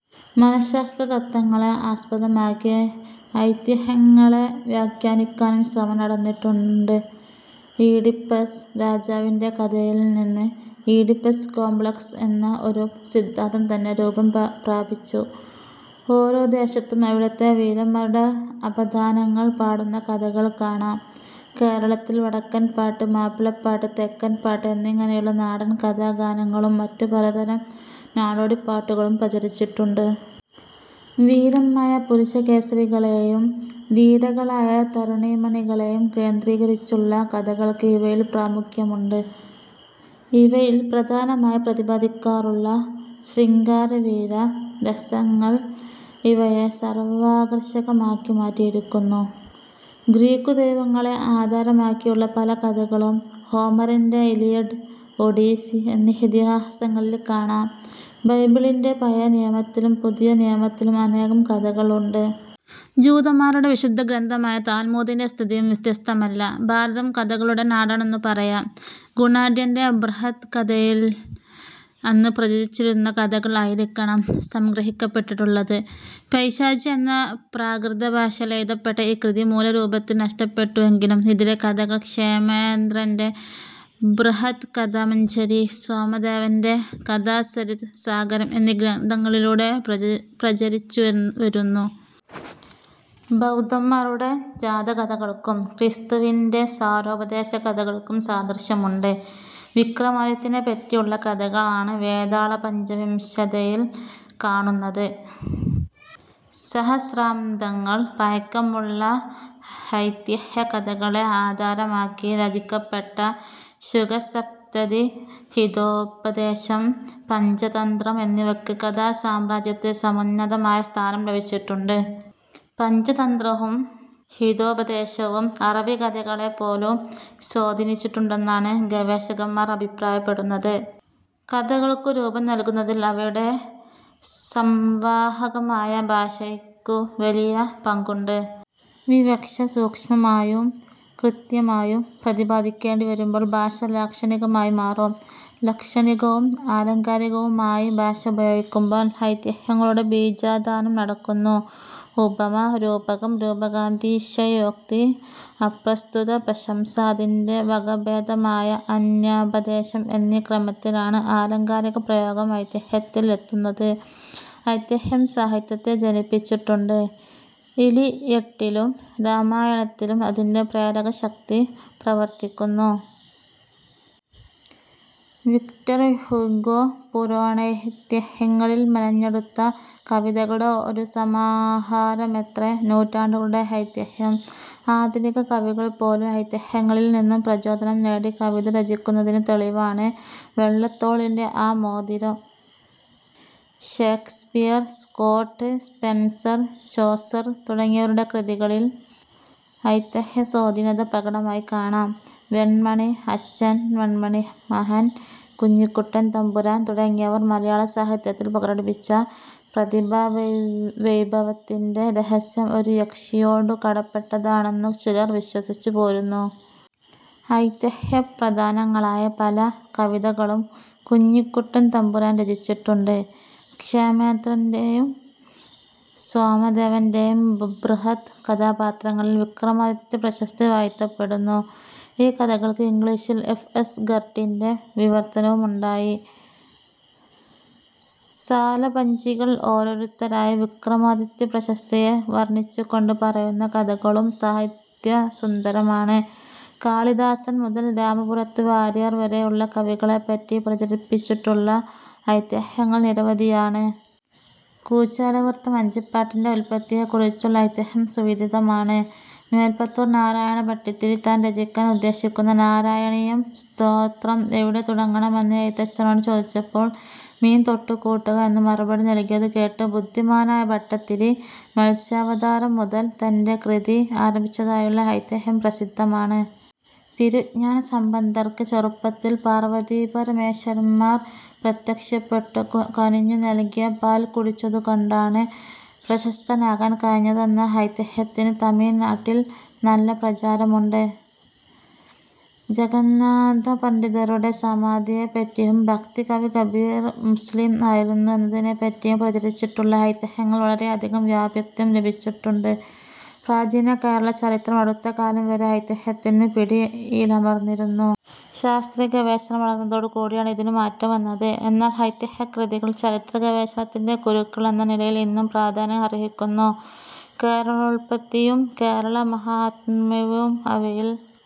മനഃശാസ്ത്ര തത്ത്വങ്ങളെ ആസ്പദമാക്കി ഐതിഹ്യങ്ങളെ വ്യാഖ്യാനിക്കാനും ശ്രമം നടന്നിട്ടുണ്ട്. ഈഡിപ്പസ് രാജാവിന്റെ കഥയിൽനിന്ന് ഈഡിപ്പസ് കോമ്പ്ലക്സ് എന്ന ഒരു സിദ്ധാന്തം തന്നെ രൂപം പ്രാപിച്ചു. ഓരോ ദേശത്തും അവിടത്തെ വീരന്മാരുടെ അപദാനങ്ങൾ പാടുന്ന കഥകൾ കാണാം. കേരളത്തിൽ വടക്കൻപാട്ട്, മാപ്പിളപ്പാട്ട്, തെക്കൻപാട്ട് എന്നിങ്ങനെയുള്ള നാടൻ കഥാഗാനങ്ങളും മറ്റ് പലതരം നാടോടിപാട്ടുകളും പ്രചരിച്ചിട്ടുണ്ട്. വീരന്മാരായ പുരുഷകേസരികളേയും ധീരകളായ തരുണീമണികളെയും കേന്ദ്രീകരിച്ചുള്ള കഥകൾക്ക് ഇവയിൽ പ്രാമുഖ്യമുണ്ട്. ഇവയിൽ പ്രധാനമായി പ്രതിപദിക്കാറുള്ള ശൃംഗാരവീര രസങ്ങൾ ഇവയെ സർവാകർഷകമാക്കി മാറ്റിയിരിക്കുന്നു. ഗ്രീക്കുദൈവങ്ങളെ ആധാരമാക്കിയുള്ള പലകഥകളും ഹോമറിന്റെ ഇലിയഡ്, ഒഡീസി എന്നീ ഇതിഹാസങ്ങളിൽ കാണാം. ബൈബിളിന്റെ പഴയ നിയമത്തിലും പുതിയ നിയമത്തിലും അനേകം കഥകൾ ഉണ്ട്. ജൂതന്മാരുടെ വിശുദ്ധഗ്രന്ഥമായ താൽമൂദിന്റെ സ്ഥിതിയും വ്യത്യസ്തമല്ല. ഭാരതം കഥകളുടെ നാടാണെന്നു പറയാം. ഗുണാഢ്യന്റെ ബൃഹത്കഥയിൽ അന്നു പ്രചരിച്ചിരുന്ന കഥകൾ ആയിരിക്കണം സംഗ്രഹിക്കപ്പെട്ടിട്ടുള്ളത്. പൈശാചിയെന്ന പ്രാകൃതഭാഷയിൽ എഴുതപ്പെട്ട ഈ കൃതി മൂലരൂപത്തിൽ നഷ്ടപ്പെട്ടുവെങ്കിലും ഇതിലെ കഥകൾ ക്ഷേമേന്ദ്രന്റെ ബൃഹത്കഥാമഞ്ജരി, സോമദേവന്റെ കഥാസരിത് സാഗരം എന്നീ ഗ്രന്ഥങ്ങളിലൂടെ പ്രചരിച്ചുവരുന്നു. ബൗദ്ധന്മാരുടെ ജാതകകഥകൾക്കും' ക്രിസ്തുവിന്റെ സാരോപദേശ കഥകൾക്കും സാദൃശ്യമുണ്ട്. വിക്രമാദിത്യനെപ്പറ്റിയുള്ള കഥകളാണ് വേതാള പഞ്ചവിംശതിയിൽ കാണുന്നത്. സഹസ്രാബ്ദങ്ങൾ പഴക്കമുള്ള ഐതിഹ്യ കഥകളെ ആധാരമാക്കി രചിക്കപ്പെട്ട ശുകസപ്തതി, ഹിതോപദേശം, പഞ്ചതന്ത്രം എന്നിവക്ക് കഥാസാമ്രാജ്യത്തിൽ സമുന്നതമായ സ്ഥാനം ലഭിച്ചിട്ടുണ്ട്. പഞ്ചതന്ത്രവും ഹിതോപദേശവും അറബികഥകളെപ്പോലും സ്വാധീനിച്ചിട്ടുണ്ടെന്നാണ് ഗവേഷകന്മാർ അഭിപ്രായപ്പെടുന്നത്. കഥകൾക്കു രൂപം നൽകുന്നതിൽ അവയുടെ സംവാഹകമായ ഭാഷയ്ക്കു വലിയ പങ്കുണ്ട്. വിവക്ഷ സൂക്ഷ്മമായും കൃത്യമായും പ്രതിപാദിക്കേണ്ടി വരുമ്പോൾ ഭാഷ ലാക്ഷണികമായി മാറും. ലക്ഷണികവും ആലങ്കാരികവുമായി ഭാഷ ഉപയോഗിക്കുമ്പോൾ ഐതിഹ്യങ്ങളുടെ ബീജാധാനം നടക്കുന്നു. ഉപമ, രൂപകം, രൂപകാതിശയോക്തി, അപ്രസ്തുത പ്രശംസ, അതിന്റെ വകഭേദമായ അന്യാപദേശം എന്നീ ക്രമത്തിലാണ് ആലങ്കാരിക പ്രയോഗം ഐതിഹ്യത്തിൽ എത്തുന്നത്. ഐതിഹ്യം സാഹിത്യത്തെ ജനിപ്പിച്ചിട്ടുണ്ട്. 'ഇലിയട്ടിലും രാമായണത്തിലും അതിന്റെ പ്രേരകശക്തി പ്രവർത്തിക്കുന്നു. വിക്ടർഹ്യൂഗൊ പുരാണൈതിഹ്യങ്ങളിൽ മെനഞ്ഞെടുത്ത കവിതകളുടെ ഒരു സമാഹാരമത്രേ നൂറ്റാണ്ടുകളുടെ ഐതിഹ്യം. ആധുനിക കവികൾപോലും ഐതിഹ്യങ്ങളിൽ നിന്നും പ്രചോദനം നേടി കവിത രചിക്കുന്നതിനു തെളിവാണ് വള്ളത്തോളിന്റെ ആ മോതിരം. ഷേക്സ്പിയർ, സ്കോട്ട്, സ്പെൻസർ, ചോസർ തുടങ്ങിയവരുടെ കൃതികളിൽ ഐതിഹ്യസ്വാധീനത പ്രകടമായി കാണാം. വെണ്മണി അച്ഛൻ, വെണ്മണി മഹൻ, കുഞ്ഞിക്കുട്ടൻതമ്പുരാൻ തുടങ്ങിയവർ മലയാളസാഹിത്യത്തിൽ പ്രകടിപ്പിച്ച പ്രതിഭാവൈഭവത്തിന്റെ രഹസ്യം ഒരു യക്ഷിയോടു കടപ്പെട്ടതാണെന്നു ചിലർ വിശ്വസിച്ചു പോരുന്നു. ഐതിഹ്യ പ്രധാനങ്ങളായ പല കവിതകളും കുഞ്ഞിക്കുട്ടൻതമ്പുരാൻ രചിച്ചിട്ടുണ്ട്. ക്ഷേമേന്ദ്രന്റെയും സോമദേവന്റെയും ബൃഹത് കഥാപാത്രങ്ങളിൽ വിക്രമാദിത്യ പ്രശസ്തി വാഴ്ത്തപ്പെടുന്നു. ഈ കഥകൾക്ക് ഇംഗ്ലീഷിൽ എഫ്. എസ്. ഗർട്ടിന്റെ വിവർത്തനമുണ്ടായി. സാലഭഞ്ജികകൾ ഓരോരുത്തരായി വിക്രമാതിത്യ പ്രശസ്തിയെ വർണിച്ചുകൊണ്ടു പറയുന്ന കഥകളും സാഹിത്യ സുന്ദരമാണ്. കാളിദാസൻ മുതൽ രാമപുരത്തു വാരിയർ വരെയുള്ള കവികളെപ്പറ്റി പ്രചരിപ്പിച്ചിട്ടുള്ള ഐതിഹ്യങ്ങൾ നിരവധിയാണ്. കുചേലവൃത്തം വഞ്ചിപ്പാട്ടിന്റെ ഉത്പത്തിയെ കുറിച്ചുള്ള ഐതിഹ്യം സുവിദിതമാണ്. മേല്പുത്തൂർ നാരായണ ഭട്ടതിരി താൻ രചിക്കാൻ ഉദ്ദേശിക്കുന്ന നാരായണീയം സ്തോത്രം എവിടെ തുടങ്ങണമെന്ന് എഴുത്തച്ഛനോടു ചോദിച്ചപ്പോൾ മീൻ തൊട്ടു കൂട്ടുക എന്നു മറുപടി നൽകിയതു കേട്ട് ബുദ്ധിമാനായ ഭട്ടതിരി മത്സ്യാവതാരം മുതൽ തന്റെ കൃതി ആരംഭിച്ചതായുള്ള ഐതിഹ്യം പ്രസിദ്ധമാണ്. തിരുഞ്ജാന സംബന്ധർക്ക് ചെറുപ്പത്തിൽ പാർവതീപരമേശ്വരന്മാർ പ്രത്യക്ഷപ്പെട്ടു ക കനിഞ്ഞു നൽകിയ പാൽ കുടിച്ചതു കൊണ്ടാണ് പ്രശസ്തനാകാൻ കഴിഞ്ഞതെന്ന ഐതിഹ്യത്തിന് തമിഴ് നാട്ടിൽ നല്ല പ്രചാരമുണ്ട്. ജഗന്നാഥപണ്ഡിതരുടെ സമാധിയെപ്പറ്റിയും ഭക്തകവി കബീർ മുസ്ലിം ആയിരുന്നു എന്നതിനെപ്പറ്റിയും പ്രചരിച്ചിട്ടുള്ള ഐതിഹ്യങ്ങൾക്കു വളരെയധികം വ്യാപത്വം ലഭിച്ചിട്ടുണ്ട്. പ്രാചീന കേരളചരിത്രം അടുത്തകാലം വരെ ഐതിഹ്യത്തിന്റെ പിടിയിലമർന്നിരുന്നു. ശാസ്ത്രീയ ഗവേഷണം വളർന്നതോടുകൂടിയാണ് ഇതിനു മാറ്റം വന്നത്. എന്നാൽ ഐതിഹ്യകൃതികൾ ചരിത്ര ഗവേഷണത്തിന്റെ കരുക്കൾ എന്നനിലയിൽ ഇന്നും പ്രാധാന്യം അർഹിക്കുന്നു. കേരളോത്പത്തി യും കേരളമാഹാത്മ്യവും അവയിൽ